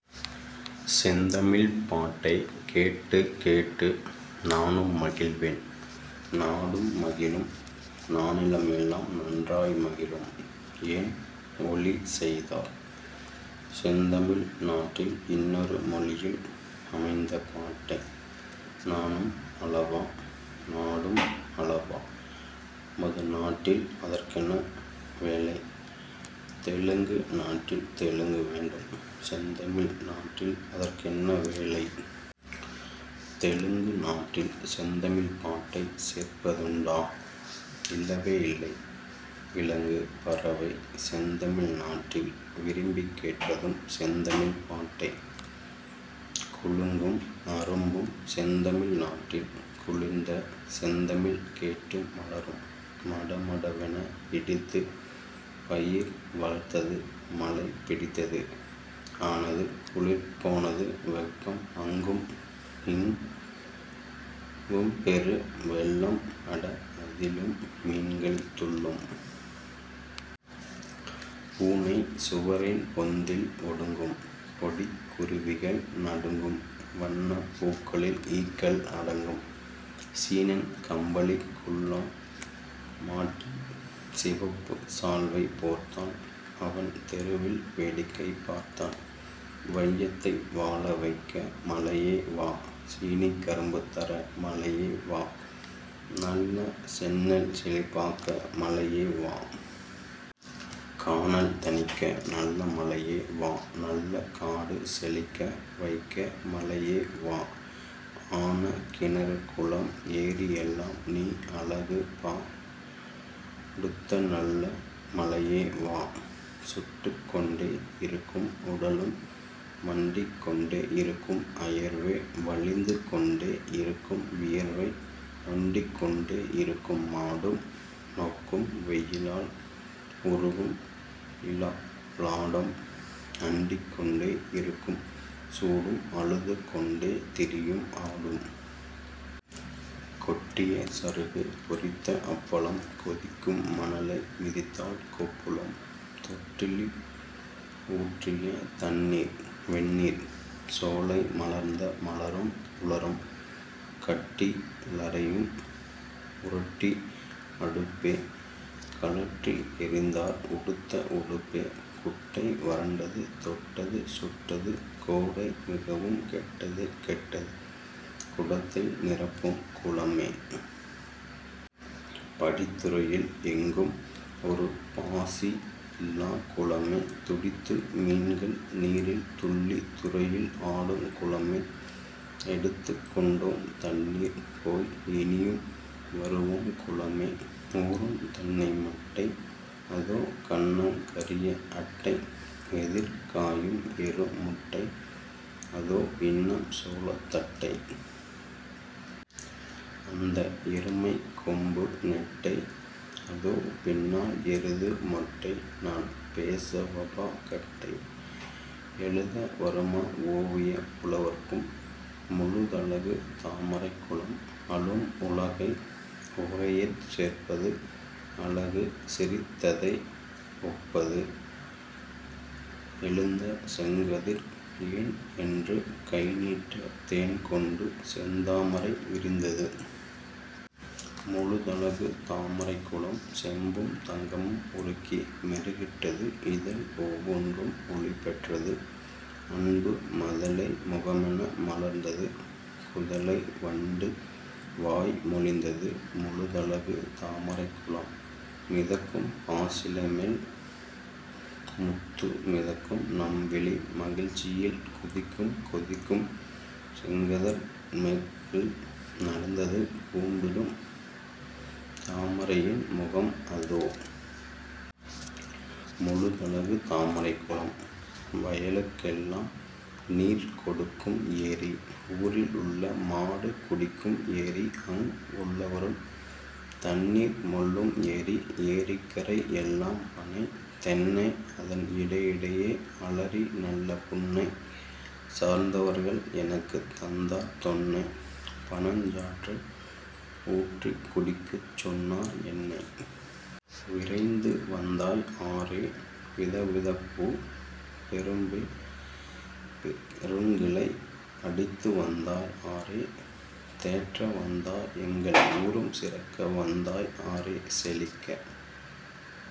செந்தமிழ்ப் பாட்டைக் கேட்டுக் கேட்டு நானும் மகிழ்வேன் நாடும் மகிழும் நானிலம் எல்லாம் நன்றாய் மகிழும்! ஏன்ஒலி செய்தார் செந்தமிழ் நாட்டில் இன்னொரு மொழியில் அமைந்த பாட்டை? நானும் அழவா? நாடும் அழவா? நமது நாட்டில் அதற்கென்ன வேலை? தெலுங்கு நாட்டில் தெலுங்கு வேண்டும். செந்தமிழ் நாட்டில் அதற்கென்ன வேலை? தெலுங்கு நாட்டில் செந்தமிழ்ப் பாட்டைச் சேர்ப்பதுண்டா? இல்லவே இல்லை! விலங்கு பறவை செந்தமிழ் நாட்டில் விரும்பிக் கேட்பதும் செந்தமிழ்ப் பாட்டை! குலுங்கும் அரும்பும் செந்தமிழ் நாட்டில் குளிர்ந்த செந்தமிழ் கேட்டு மலரும்! மடமடவென இடித்து பயிர் வளர்த்தது மழை பிடித்து. ஆனது குளிர் போனது வெப்பம் அங்கும்இங் கும்பெரு வெள்ளம் அட அதிலும் மீன்கள் துள்ளும். பூனை சுவரின் பொந்தில் ஒடுங்கும் பொடிக் குருவிகள் நடுங்கும்-வண்ணப் பூக்களில் ஈக்கள் அடங்கும். சீனன் கம்பளிக் குல்லாய் மாட்டிச் சிவப்பு சால்வை போர்த்தான் அவன் தெருவில் வேடிக்கை பார்த்தான்! வையத்தை வாழவைக்க மழையே வா! சீனிக்கரும்பு தர மழையே வா! நல்ல செந்நெல் செழிப்பாக்க மழையே வா! கானல் தணிக்க நல்ல மழையே வா! நல்ல காடு செழிக்க வைக்க மழையே வா! ஆன கிணறுகுளம் ஏரிஎல்லாம் நீ அழகுப டுத்தநல்ல மழையே வா! சுட்டுக் கொண்டே இருக்கும் உடலும் மண்டிக் கொண்டே இருக்கும் அயர்வே வழிந்து கொண்டே இருக்கும் வியர்வை நொண்டிக் கொண்டே இருக்கும் மாடும் நொக்கும் வெயிலால் உருகும்இ லாடம் அண்டிக் கொண்டே இருக்கும் சூடும் அழுது கொண்டே திரியும் ஆடும். கொட்டிய சருகு பொரித்த அப்பளம்! கொதிக்கும் மணலை மிதித்தால் கொப்புளம்! தொட்டியில் ஊற்றிய தண்ணீர் வெந்நீர்! சோலை மலர்ந்த மலரும் உலரும். கட்டி லறையும்உ ரொட்டி அடுப்பே! கழற்றி எறிந்தார் உடுத்த உடுப்பே! குட்டை வறண்டது தொட்டது சுட்டது; கோடை மிகவும் கெட்டது கெட்டது! குடத்தை நிரப்பும் குளமே! படித்துறையில் எங்கும் ஒரு பாசி யில்லாக் குளமே! துடித்து மீன்கள் நீீரில் துள்ளித் துறையில் ஆடுங் குளமே! எடுத்துக் கொண்டோம் தண்ணீர் போய் இனியும் வருவோம் குளமே! ஊறுந் தென்னை மட்டை! அதோ கன்னங் கரிய அட்டை! எதிர் காயும் எரு முட்டை! அதோ இன்னம் சோளத் தட்டை! அந்த எருமைக் கொம்பு நெட்டை அதோ பின்னால் எருது மொட்டை நான் பேசவாப கட்டை? எழுத வருமா ஓவியப் புலவர்க்கும்? முழுதழகு தாமரைக் குளம்! அழும் உலகை உவகையிற் சேர்ப்பது அழகு சிரித் ததை ஒப்பது! எழுந்த செங்கதிர் 'ஏன்'என்று கைநீட்ட தேன்கொண்டு செந்தாமரை விரிந்தது. முழுதழகு தாமரைக் குளம்! செம்பும் தங்கமும் உருக்கி மெருகிட்டது இதழ் ஒவ்வொன்றும் ஒளிபெற்றது. அன்பு மதலை முகமென மலர்ந்தது குதலை வண்டு வாய் மொழிந்தது. முழுதழகு தாமரைக் குளம்! மிதக்கும் பாசிலைமேல் முத்து மிதக்கும் நம்விழி மகிழ்ச்சியில் குதிக்கும் கொதிக்கும் செங்கதிர் மேற்கில் நடந்தது கூம்பிடும் தாமைரையின் முகம் அதோ. முழுதழகு தாமரைக் குளம்! வயலுக் கெல்லாம் நீர் கொடுக்கும் ஏரி. ஊரில் உள்ள மாடு குடிக்கும் ஏரி அங் குள்ளவரும் தண்ணீர் மொள்ளும் ஏரி. ஏரிக்கரை எல்லாம் பனை, தென்னை அதன் இடையிடையே அலரி நல்ல புன்னை. சார்ந்தவர்கள் எனக்குத் தந்தார் தொன்னை பனஞ் சாற்றை ஊற்றிக் குடிக்கச் சொன்னார் என்னை. விரைந்து வந்தாய் ஆறே! விதவிதப்பூ, பெரும்பெ ருங்கிளை அடித்து வந்தாய் ஆறே! தேற்ற வந்தாய் எங்கள் ஊரும் சிறக்க வந்தாய் ஆறே! செழிக்க